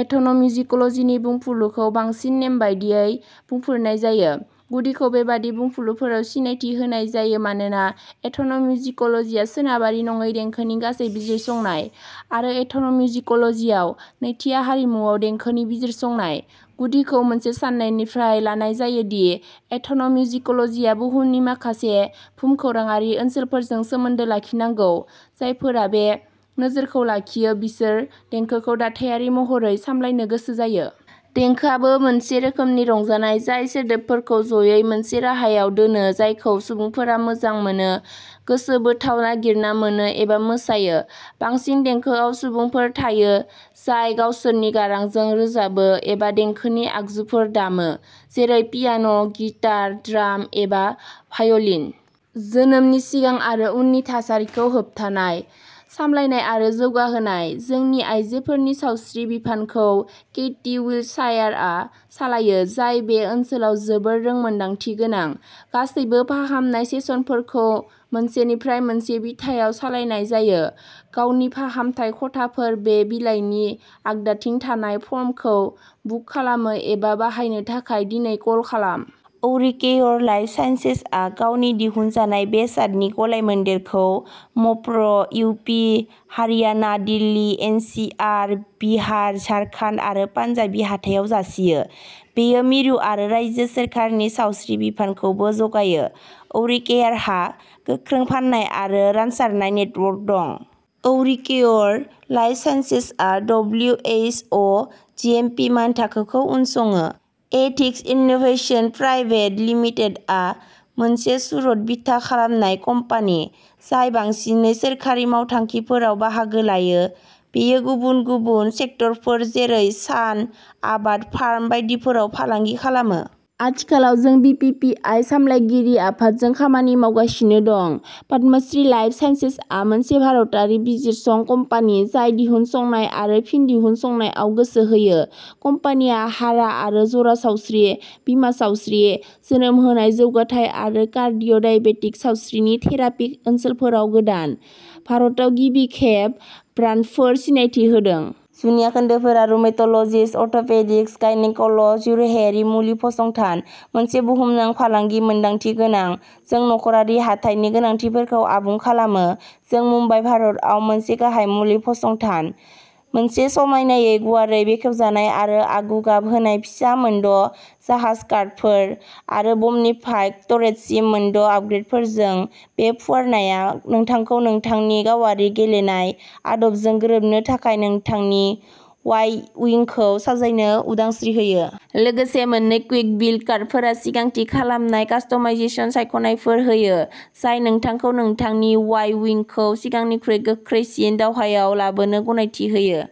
Ethan' मिउजिक'लजिनि बुंफुरलुखौ बांसिन नेमबादियै बुंफोरनाय जायो, गुदिखौ बेबादि बुंफुरलुफोराव सिनायथि होनाय जायो मानोना एथन' मिउजिक'लजिया सोनाबारि नङै देंखोनि गासै बिजिरसंनाय, आरो एथन'मिउजिक'लजियाव नैथिआ हारिमुआव देंखोनि बिजिरसंनाय। गुदिखौ मोनसे सान्नायनिफ्राय लानाय जायो दि एथन'मिउजिक'लजिया बुहुमनि माखासे भुमखौराङारि ओनसोलफोरजों सोमोन्दो लाखिनांगौ जायफोरा बे नोजोरखौ लाखियो बिसोर देंखोखौ दाथायारि महरै सामलायनो गोसो जायो। देंखोआबो मोनसे रोखोमनि रंजानाय जाय सोदोबफोरखौ ज'यै मोनसे राहायाव दोनो जायखौ सुबुंफोरा मोजां मोनो, गोसो बोथाव नागिरना मोनो एबा मोसायो। बांसिन देंखोआव सुबुंफोर थायो जाय गावसोरनि गारांजों रोजाबो एबा देंखोनि आगजुफोर दामो, जेरै पियान', गिटार, ड्राम एबा भाय'लिन। जोनोमनि सिगां आरो उननि थासारिफोरखौ होबथानाय, सामलायनाय आरो जौगाहोनाय। जोंनि आयजोफोरनि सावस्रि बिफानखौ केटी विल्टशायारआ सालायो, जाय बे ओनसोलाव जोबोद रोंमोनदांथि गोनां। गासैबो फाहामनाय सेसनफोरखौ मोनसेनिफ्राय मोनसे बिथायाव सालायनाय जायो। गावारि फाहामथाय खथाफोर बे बिलाइनि आगदाथिं थानाय फर्मखौ बुक खालामनो एबा बाहायनो थाखाय दिनै कल खालाम। औरिकेयर लाइफ साइन्सेसआ गावनि दिहुनजानाय बेसादनि गलायमोन्देरखौ म प्र, U P, Haryana, Delhi N C R, Bihar, Jharkhand आरो पान्जाबनि हाथायाव जासियो। बेयो मिरु आरो रायजो सोरखारनि सावस्रि बिफानखौबो जगायो। औरिकेयारहा गोख्रों फान्नाय आरो रानसारनाय नेटवर्क दं। औरिकेयर लाइफ साइन्सेसआ डब्लिउ एइस अ जिएमपि मानथाखोखौ उनसङो। एथिक्स इन्नोभेशनस प्राइभेट लिमिटेडआ मोनसे सुरत बिथा खालामनाय कम्पानि, जाय बांसिनै सोरखारि मावथांखिफोराव बाहागो लायो। बेयो गुबुन गुबुन सेक्टरफोर जेरै सान, आबाद, फार्मा बायदिफोराव फालांगि खालामो। आथिखालाव जों बिपिपिआइ सामलायगिरि आफादजों खामानि मावगासिनो दं। पद्मश्री लाइफ साइन्सेसआ मोनसे भारतारि बिजिरसं कम्पानि जाय दिहुनसंनाय आरो फिन दिहुनसंनाय आव गोसो होयो। कम्पानिया हारा आरो जरा सावस्रि, बिमा सावस्रि, जोनोम होनाय जौगाथाय आरो कार्डिय' डायबेटिक सावस्रिनि थेरापि ओनसोलफोराव गोदान, भारताव गिबि खेब ब्रान्डफोर सिनायथि होदों। जुनिया खोन्दोफोरा रुमेट'लजिस्ट, अर्थ'पेडिक्स, गायनेक'ल जिउराहायारि मुलि फसंथान, मोनसे बुहुमनां फालांगि मोनदांथि गोनां। जों नखरारि हाथाइनि गोनांथिफोरखौ आबुं खालामो। जों मुम्बाइ, भारतआव मोनसे गाहाय मुलि फसंथान। मोनसे समायनायै गुवारै बेखेवजानाय आरो आगु गाब होनाय फिसा, मोनद' जाहाज कार्डफोर, आरो बमनिफ्राय टर्रेटसिम मोनद'आपग्रेदफोरजों, बे फुवारनाया नोंथांखौ नोंथांनि गावारि गेलेनाय आदबजों गोरोबनो थाखाय नोंथांनि वाइ उइंखौ साजायनो उदांस्रि होयो। लोगोसे, मोन्नै कुइक बिल्ड कार्डफोरा सिगां थि खालामनाय कास्टमाइजेशन सायख'नायफोर होयो, जाय नोंथांखौ नोंथांनि वाइ-उइंखौ सिगांनिख्रुइ गोख्रैसिन दावहायाव लाबोनो गनायथि होयो।